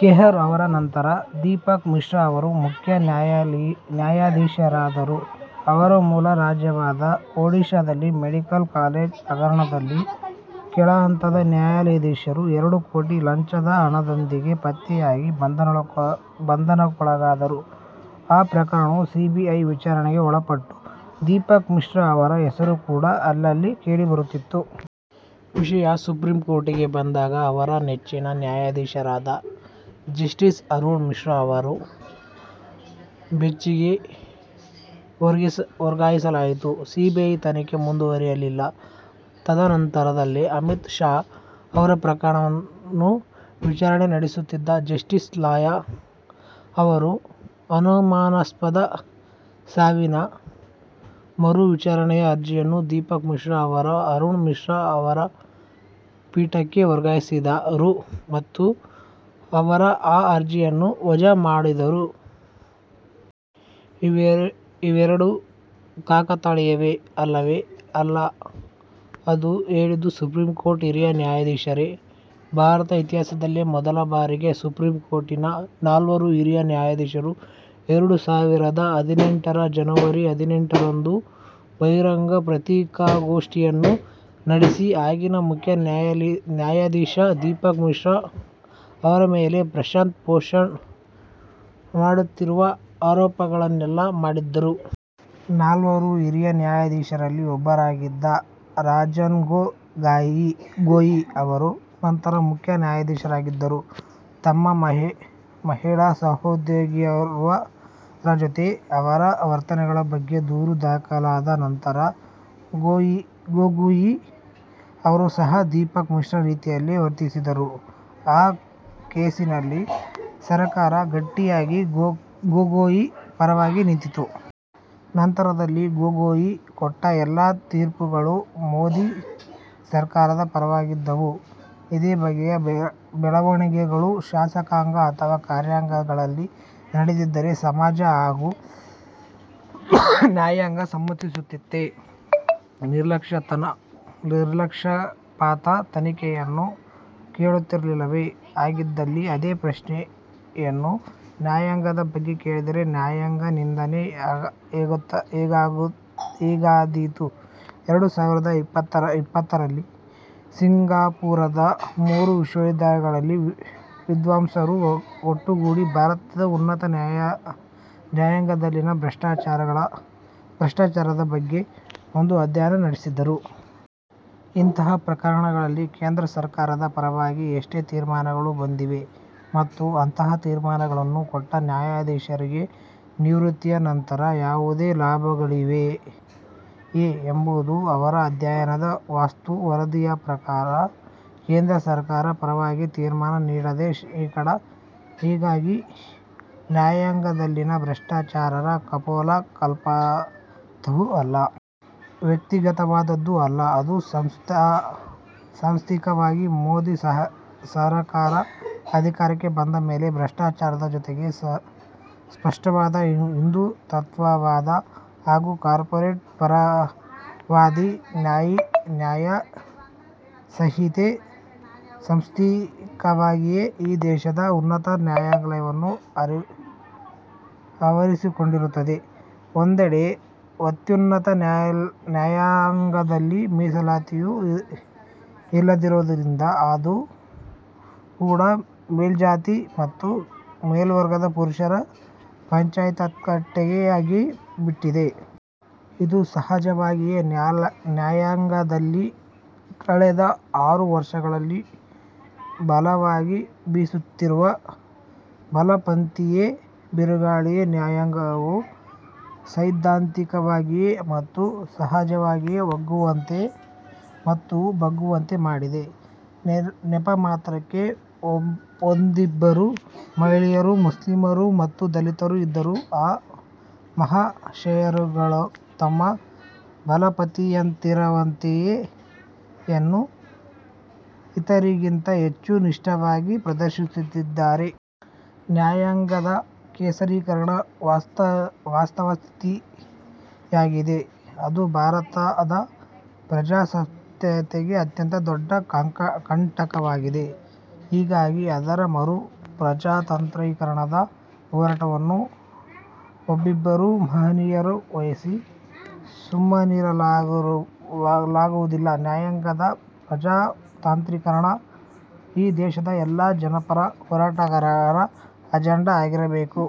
ಖೇಹರ್ ಅವರ ನಂತರ ದೀಪಕ್ ಮಿಶ್ರಾ ಅವರು ಮುಖ್ಯ ನ್ಯಾಯಾಧೀಶರಾದರು. ಅವರ ಮೂಲ ರಾಜ್ಯವಾದ ಒಡಿಶಾದಲ್ಲಿ ಮೆಡಿಕಲ್ ಕಾಲೇಜು ಹಗರಣದಲ್ಲಿ ಕೆಳಹಂತದ ನ್ಯಾಯಾಧೀಶರು ಎರಡು ಕೋಟಿ ಲಂಚದ ಹಣದೊಂದಿಗೆ ಪತ್ತೆಯಾಗಿ ಬಂಧನಕ್ಕೊಳಗಾದರು. ಆ ಪ್ರಕರಣವೂ ಸಿಬಿಐ ವಿಚಾರಣೆಗೆ ಒಳಪಟ್ಟು ದೀಪಕ್ ಮಿಶ್ರಾ ಅವರ ಹೆಸರು ಕೂಡಾ ಅಲ್ಲಲ್ಲಿ ಕೇಳಿಬರುತ್ತಿತ್ತು. ವಿಷಯ ಸುಪ್ರೀಂಕೋರ್ಟ್ಗೆ ಬಂದಾಗ ಅವರ ನೆಚ್ಚಿನ ನ್ಯಾಯಾಧೀಶರಾದ ಜಸ್ಟೀಸ್ ಅರುಣ್ ಮಿಶ್ರಾ ಅವರ ಬೆಂಚಿಗೇ ವರ್ಗಾಯಿಸಲಾಯಿತು. ಸಿಬಿಐ ತನಿಖೆ ಮುಂದುವರಿಯಲಿಲ್ಲ. ತದ ನಂತರದಲ್ಲೇ ಅಮಿತ್ ಶಾ ಅವರ ಪ್ರಕರಣವನ್ನು ವಿಚಾರಣೆ ನಡೆಸುತ್ತಿದ್ದ ಜಸ್ಟೀಸ್ ಲೋಯಾ ಅವರ ಅನುಮಾನಾಸ್ಪದ ಸಾವಿನ ಮರು ವಿಚಾರಣೆಯ ಅರ್ಜಿಯನ್ನು ದೀಪಕ್ ಮಿಶ್ರಾ ಅವರು ಅರುಣ್ ಮಿಶ್ರಾ ಅವರ ಪೀಠಕ್ಕೆ ವರ್ಗಾಯಿಸಿದರು ಮತ್ತು ಅವರು ಆ ಅರ್ಜಿಯನ್ನು ವಜಾ ಮಾಡಿದರು. ಇವೆರಡೂ ಕಾಕತಾಳಿಯವೇ? ಅಲ್ಲವೇ ಅಲ್ಲ ಎಂದು ಹೇಳಿದ್ದು ಸುಪ್ರೀಂಕೋರ್ಟ್ನ ಹಿರಿಯ ನ್ಯಾಯಾಧೀಶರೇ.. ಭಾರತದ ಇತಿಹಾಸದಲ್ಲೇ ಮೊದಲ ಬಾರಿಗೆ ಸುಪ್ರೀಂಕೋರ್ಟ್ ನ ನಾಲ್ವರು ಹಿರಿಯ ನ್ಯಾಯಾಧೀಶರು ಎರಡು ಸಾವಿರದ ಹದಿನೆಂಟರ ಜನವರಿ ಹದಿನೆಂಟರಂದು ಬಹಿರಂಗ ಪತ್ರಿಕಾಗೋಷ್ಟಿಯನ್ನು ನಡೆಸಿ ಆಗಿನ ಮುಖ್ಯ ನ್ಯಾಯಾಧೀಶ ದೀಪಕ್ ಮಿಶ್ರಾ ಅವರ ಮೇಲೆ ಪ್ರಶಾಂತ್ ಭೂಷಣ್ ಮಾಡುತ್ತಿರುವ ಆರೋಪಗಳನ್ನೆಲ್ಲಾ ಮಾಡಿದ್ದರು. ನಾಲ್ವರು ಹಿರಿಯ ನ್ಯಾಯಾಧೀಶರಲ್ಲಿ ಒಬ್ಬರಾಗಿದ್ದ ರಂಜನ್ಗೊಗೋಯಿ ಅವರು ನಂತರ ಮುಖ್ಯ ನ್ಯಾಯಾಧೀಶರಾಗಿದ್ದರು. ತಮ್ಮ ಮಹಿಳಾ ಸಹೋದ್ಯೋಗಿಯೋರ್ವರ ಜೊತೆ ಅವರ ವರ್ತನೆಗಳ ಬಗ್ಗೆ ದೂರು ದಾಖಲಾದ ನಂತರ ಗೊಗೋಯಿ ಅವರೂ ಸಹ ದೀಪಕ್ ಮಿಶ್ರಾ ರೀತಿಯಲ್ಲೇ ವರ್ತಿಸಿದರು. ಆ ಕೇಸಿನಲ್ಲಿ ಸರಕಾರ ಗಟ್ಟಿಯಾಗಿ ಗೊಗೋಯಿ ಪರವಾಗಿ ನಿಂತಿತು. ನಂತರದಲ್ಲಿ ಗೊಗೋಯಿ ಕೊಟ್ಟ ಎಲ್ಲ ತೀರ್ಪುಗಳೂ ಮೋದಿ ಸರಕಾರದ ಪರವಾಗಿದ್ದವು. ಇದೇ ಬಗೆಯ ಬೆಳವಣಿಗೆಗಳು ಶಾಸಕಾಂಗ ಅಥವಾ ಕಾರ್ಯಾಂಗದಲ್ಲಿ ನಡೆದಿದ್ದರೆ ಸಮಾಜ ಹಾಗೂ ನ್ಯಾಯಾಂಗ ಸುಮ್ಮನಿರುತ್ತಿತ್ತೇ? ನಿಷ್ಪಕ್ಷಪಾತ ತನಿಖೆಯನ್ನು ಕೇಳುತ್ತಿರಲಿಲ್ಲವೇ? ಹಾಗಿದ್ದಲ್ಲಿ ಅದೇ ಪ್ರಶ್ನೆಯನ್ನು ನ್ಯಾಯಾಂಗದ ಬಗ್ಗೆ ಕೇಳಿದರೆ ನ್ಯಾಯಾಂಗ ನಿಂದನೆ ಹೇಗಾದೀತು? ಎರಡು ಸಾವಿರದ ಇಪ್ಪತ್ತರಲ್ಲಿ ಸಿಂಗಾಪೂರದ ಮೂರು ವಿಶ್ವವಿದ್ಯಾನಿಲಯಗಳ ವಿದ್ವಾಂಸರು ಒಟ್ಟುಗೂಡಿ ಭಾರತದ ಉನ್ನತ ನ್ಯಾಯಾಂಗದಲ್ಲಿನ ಭ್ರಷ್ಟಾಚಾರದ ಬಗ್ಗೆ ಒಂದು ಅಧ್ಯಯನ ನಡೆಸಿದ್ದಾರೆ. ಇಂತಹ ಪ್ರಕರಣಗಳಲ್ಲಿ ಕೇಂದ್ರ ಸರಕಾರದ ಪರವಾಗಿ ಎಷ್ಟು ತೀರ್ಮಾನಗಳು ಬಂದಿವೆ ಮತ್ತು ಅಂತಹ ತೀರ್ಮಾನಗಳನ್ನು ಕೊಟ್ಟ ನ್ಯಾಯಾಧೀಶರಿಗೆ ನಿವೃತ್ತಿಯ ನಂತರ ಯಾವುದಾದರೂ ಲಾಭಗಳಾಗಿವೆಯೇ ಎಂಬುದು ಅವರ ಅಧ್ಯಯನದ ವಸ್ತು.: ವರದಿಯ ಪ್ರಕಾರ ಕೇಂದ್ರ ಸರಕಾರದ ಪರವಾಗಿ ತೀರ್ಮಾನ ನೀಡಿದ ಶೇ. ಹೀಗಾಗಿ ನ್ಯಾಯಾಂಗದಲ್ಲಿನ ಭ್ರಷ್ಟಾಚಾರ ಕಪೋಲ ಕಲ್ಪಿತವೂ ಅಲ್ಲ. ವ್ಯಕ್ತಿಗತವಾದದ್ದೂ ಅಲ್ಲ. ಅದು ಸಾಂಸ್ಥಿಕವಾಗಿದೆ. ಮೋದಿ ಸರಕಾರ ಅಧಿಕಾರಕ್ಕೆ ಬಂದ ಮೇಲೆ ಭ್ರಷ್ಟಾಚಾರದ ಜೊತೆಗೆ ಸ್ಪಷ್ಟವಾದ ಹಿಂದೂತ್ವವಾದಿ ಹಾಗೂ ಕಾರ್ಪೊರೇಟ್ ಪರವಾದಿ ನ್ಯಾಯ ಸಂಹಿತೆ ಸಾಂಸ್ಥಿಕವಾಗಿಯೇ ಈ ದೇಶದ ಉನ್ನತ ನ್ಯಾಯಾಂಗವನ್ನು ಆವರಿಸಿಕೊಳ್ಳುತ್ತಿದೆ. ಒಂದೆಡೆ ಅತ್ಯುನ್ನತ ನ್ಯಾಯಾಂಗದಲ್ಲಿ ಮೀಸಲಾತಿಯೂ ಇಲ್ಲದಿರುವುದರಿಂದ ಅದೂ ಕೂಡಾ ಮೇಲ್ಜಾತಿ ಮತ್ತು ಮೇಲ್ವರ್ಗದ ಪುರುಷರ ಪಂಚಾಯತ್ಕಟ್ಟೆಯಾಗಿ ಬಿಟ್ಟಿದೆ. ಇದು ಸಹಜವಾಗಿಯೇ ನ್ಯಾಯಾಂಗದಲ್ಲಿ ಕಳೆದ ಆರು ವರ್ಷಗಳಲ್ಲಿ ಬಲವಾಗಿ ಬೀಸುತ್ತಿರುವ ಬಲಪಂಥೀಯ ಬಿರುಗಾಳಿಗೆ ನ್ಯಾಯಾಂಗವು ಸೈದ್ಧಾಂತಿಕವಾಗಿಯೇ ಮತ್ತು ಸಹಜವಾಗಿಯೇ ಒಗ್ಗುವಂತೆ ಮತ್ತು ಬಗ್ಗುವಂತೆ ಮಾಡಿದೆ. ನೆಪಮಾತ್ರಕ್ಕೆ ಒಂದಿಬ್ಬರು ಮಹಿಳೆಯರು, ಮುಸ್ಲಿಮರು, ಒಬ್ಬ ದಲಿತರು ಇದ್ದರೂ ಆ ಮಹಾಶಯರುಗಳು ತಮ್ಮ ಬಲಪಂಥೀಯಪರತೆಯನ್ನು ಇತರಿಗಿಂತ ಹೆಚ್ಚು ನಿಷ್ಟವಾಗಿ ಪ್ರದರ್ಶಿಸುತ್ತಿದ್ದಾರೆ. ನ್ಯಾಯಾಂಗದ ಕೇಸರೀಕರಣ ವಾಸ್ತವ ಸ್ಥಿತಿಯಾಗಿದೆ. ಅದು ಭಾರತದ ಪ್ರಜಾಸತ್ತೆಗೆ ಅತ್ಯಂತ ದೊಡ್ಡ ಕಂಟಕವಾಗಿದೆ. ಹೀಗಾಗಿ ಅದರ ಮರುಪ್ರಜಾತಾಂತ್ರೀಕರಣದ ಹೋರಾಟವನ್ನು ಒಬ್ಬಿಬ್ಬರು ಮಹನೀಯರಿಗೆ ವಹಿಸಿ ಸುಮ್ಮನಿರಲಾಗುವುದಿಲ್ಲ. ನ್ಯಾಯಾಂಗದ ಪ್ರಜಾತಾಂತ್ರೀಕರಣ ಈ ದೇಶದ ಎಲ್ಲಾ ಜನಪರ ಹೋರಾಟಗಳ ಅಜೆಂಡಾ ಆಗಬೇಕಿದೆ.